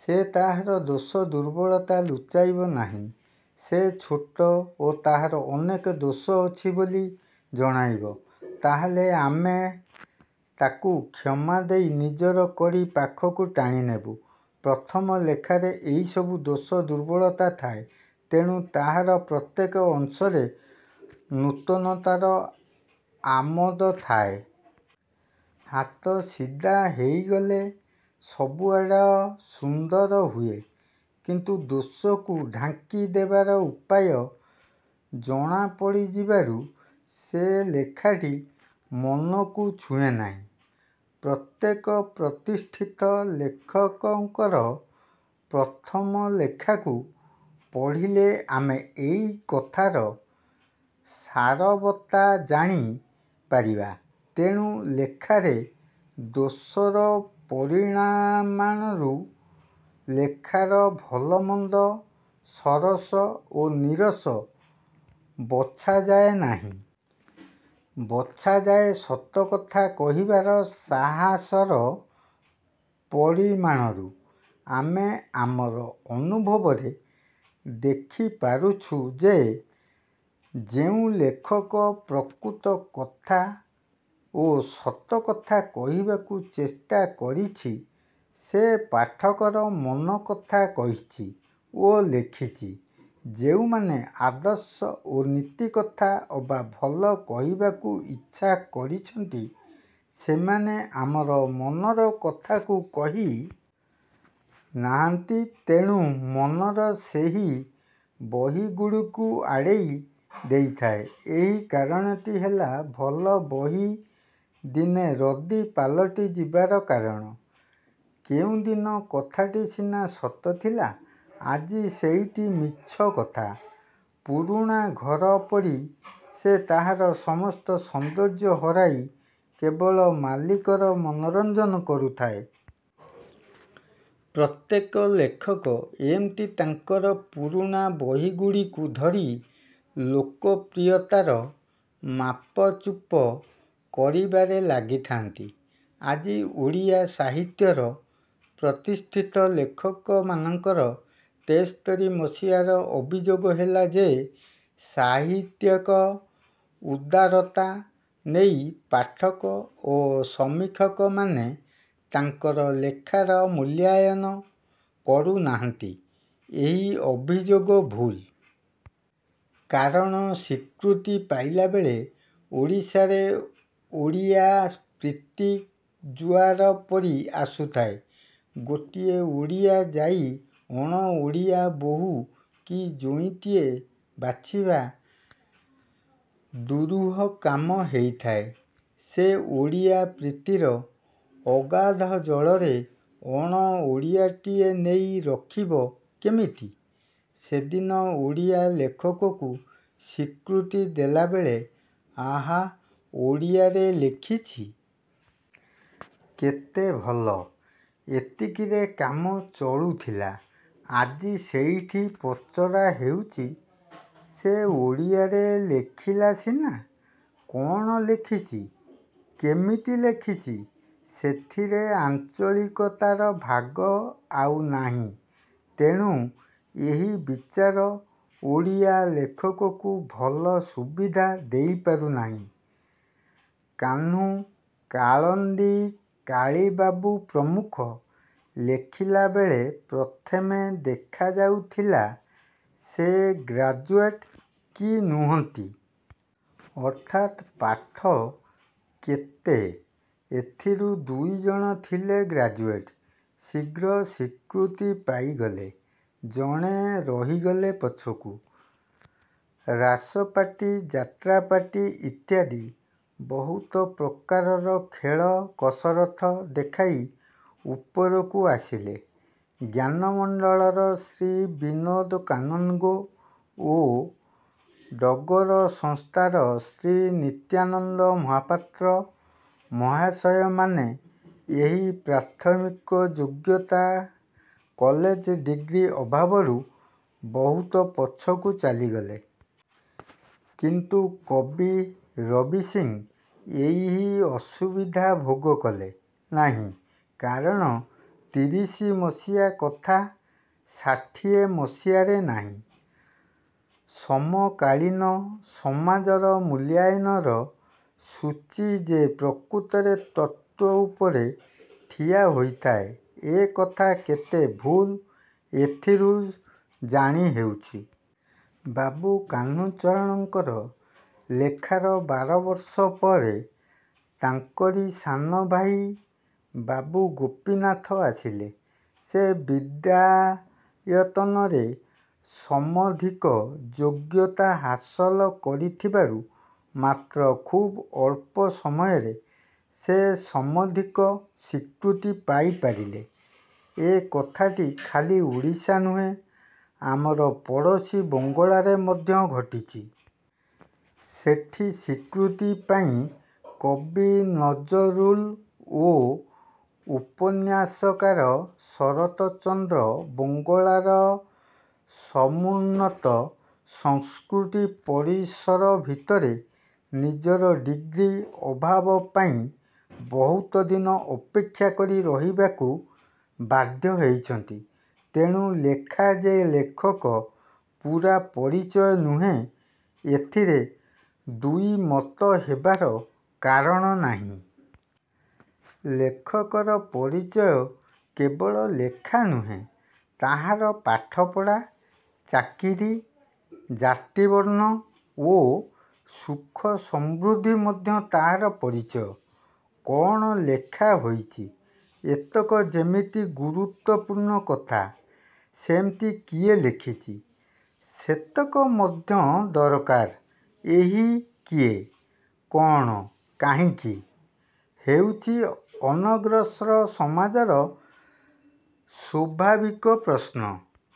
ସେ ତାହାର ଦୋଷ ଦୁର୍ବଳତା ଲୁଚାଇବ ନାହିଁ। ସେ ଛୋଟ ଓ ତାହାର ଅନେକ ଦୋଷ ଅଛି ବୋଲି ଜଣାଇବ। ତାହାହେଲେ ଆମେ ତା'କୁ କ୍ଷମା ଦେଇ ନିଜର କରି ପାଖକୁ ଟାଣିନେବୁ। ପ୍ରଥମ ଲେଖାରେ ଏହି ସବୁ ଦୋଷ ଦୁର୍ବଳତା ଥାଏ। ତେଣୁ ତାହାର ପ୍ରତ୍ୟେକ ଅଂଶରେ ନୂତନତାର ଆମୋଦ ଥାଏ। ହାତ ସିଧା ହେଇଗଲେ ସବୁଆଡ଼ ସୁନ୍ଦର ହୁଏ। କିନ୍ତୁ ଦୋଷକୁ ଢାଙ୍କି ଦେବାର ଉପାୟ ଜଣାପଡ଼ିଯିବାରୁ ସେ ଲେଖାଟି ମନକୁ ଛୁଏଁ ନାହିଁ। ପ୍ରତ୍ୟେକ ପ୍ରତିଷ୍ଠିତ ଲେଖକଙ୍କର ପ୍ରଥମ ଲେଖାକୁ ପଢ଼ିଲେ ଆମେ ଏହି କଥାର ସାରବତ୍ତା ଜାଣି ପାରିବା। ତେଣୁ ଲେଖାରେ ଦୋଷର ପରିମାଣରୁ ଲେଖାର ଭଲମନ୍ଦ ସରସ ଓ ନୀରସ ବଛାଯାଏ ନାହିଁ। ବଛାଯାଏ ସତକଥା କହିବାର ସାହାସର ପରିମାଣରୁ। ଆମେ ଆମର ଅନୁଭବରେ ଦେଖିପାରୁଛୁ ଯେ ଯେଉଁ ଲେଖକ ପ୍ରକୃତ କଥା ଓ ସତ କଥା କହିବାକୁ ଚେଷ୍ଟା କରିଛି ସେ ପାଠକର ମନ କଥା କହିଛି ଓ ଲେଖିଛି। ଯେଉଁମାନେ ଆଦର୍ଶ ଓ ନୀତି କଥା ଅବା ଭଲ କହିବାକୁ ଇଚ୍ଛା କରିଛନ୍ତି ସେମାନେ ଆମର ମନର କଥାକୁ କହି। ନାହାନ୍ତି-। ତେଣୁ ମନ ସେହି ବହିଗୁଡ଼ିକୁ ଆଡ଼େଇ ଦେଇଥାଏ। ଏହି କାରଣଟି ହେଲା ଭଲ ବହି ଦିନେ ରଦ୍ଦି ପାଲଟି ଯିବାର କାରଣ। କେଉଁଦିନ କଥାଟି ସିନା ସତ ଥିଲା। ଆଜି ସେଇଟି ମିଛ କଥା। ପୁରୁଣା ଘର ପରି ସେ ତାହାର ସମସ୍ତ ସୌନ୍ଦର୍ଯ୍ୟ ହରାଇ କେବଳ ମାଲିକର ମନୋରଞ୍ଜନ କରୁଥାଏ। ପ୍ରତ୍ୟେକ ଲେଖକ ଏମିତି ତାଙ୍କର ପୁରୁଣା ବହିଗୁଡ଼ିକୁ ଧରି ଲୋକପ୍ରିୟତାର ମାପଚୁପ କରିବାରେ ଲାଗିଥାନ୍ତି। ଆଜି ଓଡ଼ିଆ ସାହିତ୍ୟର ପ୍ରତିଷ୍ଠିତ ଲେଖକମାନଙ୍କର ତେସ୍ତରି ମସିହାର ଅଭିଯୋଗ ହେଲା ଯେ ସାହିତ୍ୟକ ଉଦାରତା ନେଇ ପାଠକ ଓ ସମୀକ୍ଷକମାନେ ତାଙ୍କର ଲେଖାର ମୂଲ୍ୟାୟନ କରୁନାହାନ୍ତି। ଏହି ଅଭିଯୋଗ ଭୁଲ୍। କାରଣ ସ୍ୱୀକୃତି ପାଇଲାବେଳେ ଓଡ଼ିଶାରେ ଓଡ଼ିଆ ପ୍ରୀତି ଜୁଆର ପରି ଆସୁଥାଏ। ଗୋଟିଏ ଓଡ଼ିଆ ଯାଇ ଅଣଓଡ଼ିଆ ବୋହୂ କି ଜୋଇଁଟିଏ ବାଛିବା ଦୂରୂହ କାମ ହେଇଥାଏ। ସେ ଓଡ଼ିଆ-ପ୍ରୀତିର ଅଗାଧ ଜଳରେ ଅଣଓଡ଼ିଆଟିଏ ନେଇ ରଖିବ କେମିତି? ସେଦିନ ଓଡ଼ିଆ ଲେଖକକୁ ସ୍ୱୀକୃତି ଦେଲାବେଳେ-ଆହା-ଓଡ଼ିଆରେ ଲେଖିଛି? -କେଡ଼େ ଭଲ! ଏତିକିରେ କାମ ଚଳୁଥିଲା। ଆଜି ସେଇଠି ପଚରା ହେଉଛି-ସେ ଓଡ଼ିଆରେ ଲେଖିଲା ସିନା। କ'ଣ ଲେଖିଛି? -କେମିତି ଲେଖିଛି? ସେଥିରେ ଆଞ୍ଚଳିକତାର ଭାଗ ଆଉ ନାହିଁ। ତେଣୁ ଏହି ବିଚାର ଓଡ଼ିଆ ଲେଖକକୁ ଭଲ ସୁବିଧା ଦେଇପାରୁ ନାହିଁ। କାହ୍ନୁ-କାଳିନ୍ଦୀ-କାଳୀବାବୁ ପ୍ରମୁଖ ଲେଖିଲାବେଳେ ପ୍ରଥମେ ଦେଖାଯାଉଥିଲା ସେ ଗ୍ରାଜୁଏଟ୍ କି ନୁହନ୍ତି? ଅର୍ଥାତ୍ ପାଠ କେତେ? ଏଥିରୁ ଦୁଇଜଣ ଥିଲେ ଗ୍ରାଜୁଏଟ୍। ଶୀଘ୍ର ସ୍ୱୀକୃତି ପାଇଗଲେ। ଜଣେ ରହିଗଲେ ପଛକୁ-ରାସପାର୍ଟି, ଯାତ୍ରାପାର୍ଟି ଇତ୍ୟାଦି ବହୁତ ପ୍ରକାରର ଖେଳ କସରତ ଦେଖାଇ ଉପରକୁ ଆସିଲେ। ''ଜ୍ଞାନମଣ୍ଡଳର'' ଶ୍ରୀ ବିନୋଦ କାନନଗୋ ଓ ''ଡଗର'' ସଂସ୍ଥାର ଶ୍ରୀ ନିତ୍ୟାନନ୍ଦ ମହାପାତ୍ର ମହାଶୟମାନେ ଏହି ପ୍ରାଥମିକ ଯୋଗ୍ୟତା କଲେଜ ଡିଗ୍ରୀ ଅଭାବରୁ ବହୁତ ପଛକୁ ଚାଲିଗଲେ। କିନ୍ତୁ କବି ରବି ସିଂ ଏହି ଅସୁବିଧା ଭୋଗ କଲେ ନାହିଁ। କାରଣ ତିରିଶି ମସିହା କଥା ଷାଠିଏ ମସିହାରେ ନାହିଁ। ସମକାଳୀନ ସମାଜର ମୂଲ୍ୟାୟନର ସୂଚୀ ଯେ ପ୍ରକୃତରେ ତତ୍ତ୍ୱ ଉପରେ ଠିଆ ହୋଇଥାଏ ଏ କଥା କେଡ଼େ ଭୁଲ୍ ଏଥିରୁ ଜାଣି ହେଉଛି। ବାବୁ କାହ୍ନୁଚରଣଙ୍କର ଲେଖାର ବାରବର୍ଷ ପରେ ତାଙ୍କରି ସାନଭାଇ ବାବୁ ଗୋପୀନାଥ ଆସିଲେ। ସେ ବିଦ୍ୟାୟତନରେ ସମଧିକ ଯୋଗ୍ୟତା ହାସଲ କରିଥିବାରୁ ମାତ୍ର ଖୁବ୍ ଅଳ୍ପ ସମୟରେ ସେ ସମଧିକ ସ୍ୱୀକୃତି ପାଇ ପାରିଲେ। ଏ କଥାଟି ଖାଲି ଓଡ଼ଶା ନୁହେଁ ଆମର ପଡ଼ୋଶୀ ବଙ୍ଗଳାରେ ମଧ୍ୟ ଘଟିଛି। ସେଠି ସ୍ୱୀକୃତି ପାଇଁ କବି ନଜରୁଲ୍ ଓ ଉପନ୍ୟାସକାର ଶରତ ଚନ୍ଦ୍ର ବଙ୍ଗଳାର ସମୁନ୍ନତ ସଂସ୍କୃତି ପରିସର ଭିତରେ ନିଜର ଡିଗ୍ରୀ ଅଭାବ ପାଇଁ ବହୁତ ଦିନ ଅପେକ୍ଷା କରି ରହିବାକୁ ବାଧ୍ୟ ହେଇଛନ୍ତି। ତେଣୁ ଲେଖା ଯେ ଲେଖକର ପୂରା ପରିଚୟ ନୁହେଁ ଏଥିରେ ଦୁଇ ମତ ହେବାର କାରଣ ନାହିଁ। ଲେଖକର ପରିଚୟ କେବଳ ଲେଖା ନୁହେଁ-ତାହାର ପାଠପଢ଼ା, ଚାକିରି, ଜାତିବର୍ଣ୍ଣ ଓ ସୁଖ ସମୃଦ୍ଧି ମଧ୍ୟ ତାହାର ପରିଚୟ। କ'ଣ ଲେଖା ହୋଇଛି-ଏତକ ଯେମିତି ଗୁରୁତ୍ୱ ପୂର୍ଣ୍ଣ କଥା ସେମିତି କିଏ ଲେଖିଛି? -ସେତକ ମଧ୍ୟ ଦରକାର। ଏହି କିଏ? -କ'ଣ? -କାହିଁକି? -ହେଉଛି ଅନଗ୍ରସର ସମାଜର ସ୍ୱାଭାବିକ ପ୍ରଶ୍ନ।